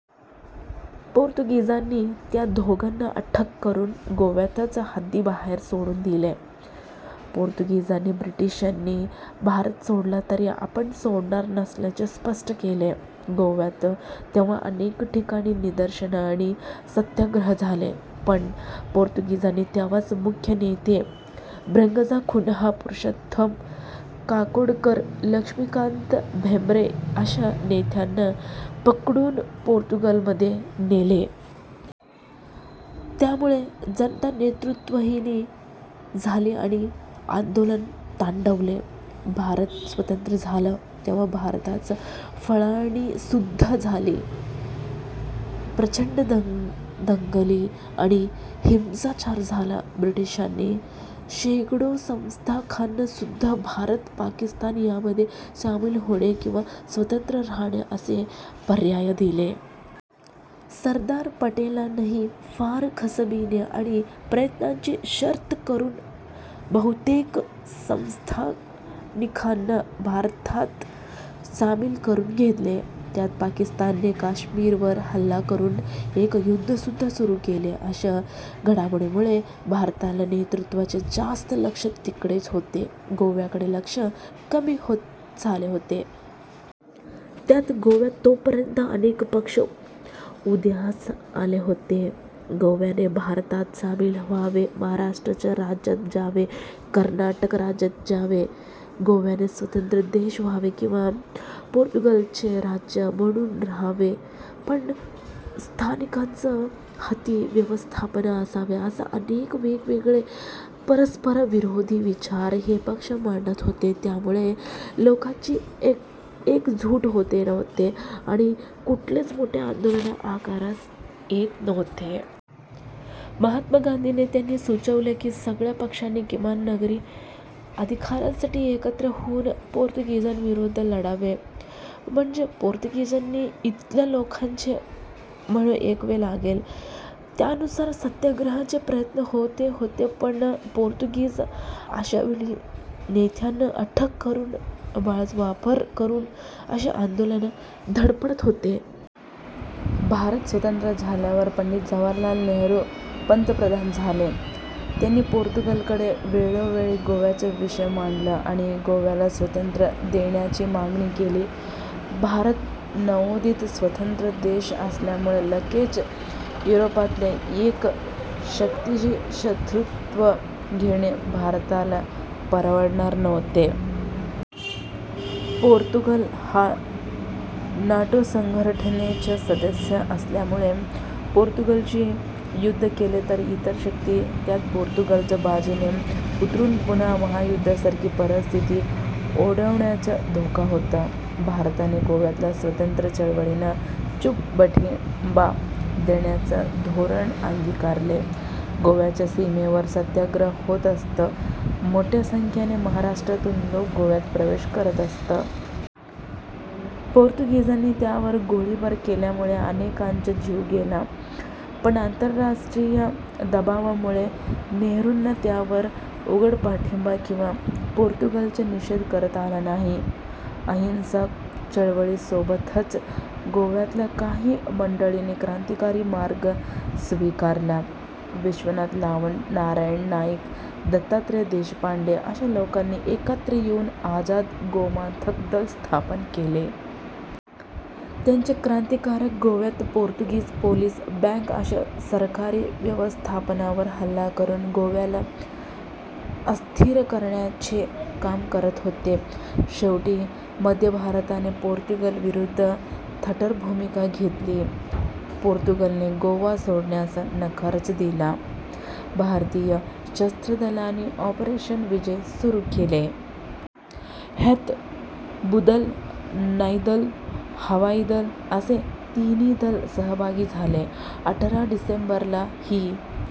पोर्तुगीजांनी त्या दोघांना अटक करून गोव्याच्या हद्दीबाहेर सोडून दिले. पोर्तुगीजांनी ब्रिटिशांनी भारत सोडला तरी आपण सोडणार नसल्याचे स्पष्ट केले. गोव्यात तेव्हा अनेक ठिकाणी निदर्शने आणि सत्याग्रह झाले, पण पोर्तुगीजांनी तेव्हाचे मुख्य नेते ब्रागांझा कुन्हा, पुरुषोत्तम काकोडकर, लक्ष्मीकांत भेम्बरे अशा नेत्यांना पकडुन पोर्तुगालमध्ये नेले. त्यामुळे जनता नेतृत्वहीन झाली आणि आंदोलन थंडावले. भारत स्वतंत्र झाला तेव्हा भारताची फाळणीसुद्धा झाली. प्रचंड दंगली आणि हिंसाचार झाला. ब्रिटिशांनी शेकडो संस्थानिकांनासुद्धा भारत, पाकिस्तान यामध्ये सामील होणे किंवा स्वतंत्र राहणे असे पर्याय दिले. सरदार पटेलांनी फार कसबीने आणि प्रयत्नांची शर्थ करून बहुतेक संस्थानिकांना भारतात सामील करून घेतले. त्यात पाकिस्तानने काश्मीरवर हल्ला करून एक युद्धसुद्धा सुरु केले. अशा घडामोडींमुळे भारतातल्या नेतृत्वाचे जास्त लक्ष तिकडेच होते, गोव्याकडे लक्ष कमी झाले होते. त्यात गोव्यात तोपर्यंत अनेक पक्ष उदयास आले होते. गोव्याने भारतात सामील व्हावे, महाराष्ट्र राज्यात जावे. कर्नाटक राज्यात जावे, गोव्याने स्वतंत्र देश व्हावे किंवा पोर्तुगालचेच राज्य म्हणुन राहावे पण स्थानिकांच्या हाती व्यवस्थापन असावे असे अनेक वेगवेगळे परस्परविरोधी विचार हे पक्ष मांडत होते, त्यामुळे लोकांची एकजूट होत नव्हती आणि कुठलेच मोठे आंदोलन आकारास येत नव्हते. महात्मा गांधींनी त्यांना सुचवले कि सगळ्या पक्षांनी किमान नागरी अधिकारांसाठी एकत्र होऊन पोर्तुगीजांविरुद्ध लढावे म्हणजे पोर्तुगीजांना इथल्या लोकांचे म्हणणे ऐकावे लागेल. त्यानुसार सत्याग्रहाचे प्रयत्न होत होते पण पोर्तुगीज अशावेळी नेत्यांना अटक करून बळाचा वापर करून अशी आंदोलने दडपत होते. भारत स्वतंत्र झाल्यावर पंडित जवाहरलाल नेहरू पंतप्रधान झाले. त्यांनी पोर्तुगालकडे वेळोवेळी गोव्याचा विषय मांडला आणि गोव्याला स्वातंत्र्य देण्याची मागणी केली. भारत नवोदित स्वतंत्र देश असल्यामुळे लगेच युरोपातल्या एका शक्तीशी शत्रुत्व घेणे भारताला परवडणार नव्हते. पोर्तुगाल हा नाटो संघटनेचा सदस्य असल्यामुळे पोर्तुगालशी युद्ध केले तर इतर शक्ती त्यात पोर्तुगालच्या बाजूने उतरून पुन्हा महायुद्धासारखी परिस्थिती ओढवण्याचा धोका होता. भारताने गोव्यातल्या स्वातंत्र्य चळवळींना छुपा पाठिंबा देण्याचे धोरण अंगिकारले. गोव्याच्या सीमेवर सत्याग्रह होत असत, मोठ्या संख्येने महाराष्टरातून लोक गोव्यात प्रवेश करत असत. पोर्तुगीजांनी त्यावर गोळीबार केल्यामुळे अनेकांचा जीव गेला, पण आंतरराष्ट्रीय दबावामुळे नेहरूंना त्यावर उघड पाठिंबा किंवा पोर्तुगालच्या निषेध करता आला नाही. अहिंसक चळवळीसोबतच गोव्यातल्या काही मंडळींनी क्रांतिकारी मार्ग स्वीकारला. विश्वनाथ लावंड, नारायण नाईक, दत्तात्रय देशपांडे अशा लोकांनी एकत्र येऊन आझाद गोमंतक दल स्थापन केले. त्यांचे क्रांतिकारक गोव्यात पोर्तुगीज पोलीस, बँक अशा सरकारी व्यवस्थांवर हल्ला करून गोव्याला अस्थिर करण्याचे काम करत होते. शेवटी मध्ये भारताने पोर्तुगालविरुद्ध ताठर भूमिका घेतली. पोर्तुगालने गोवा सोडण्यास नकारच दिला. भारतीय सशस्त्र दलांनी ऑपरेशन विजय सुरु केले. ह्यात भूदल, नौदल, हवाई दल असे तिन्ही दल सहभागी झाले. अठरा डिसेंबर ला हि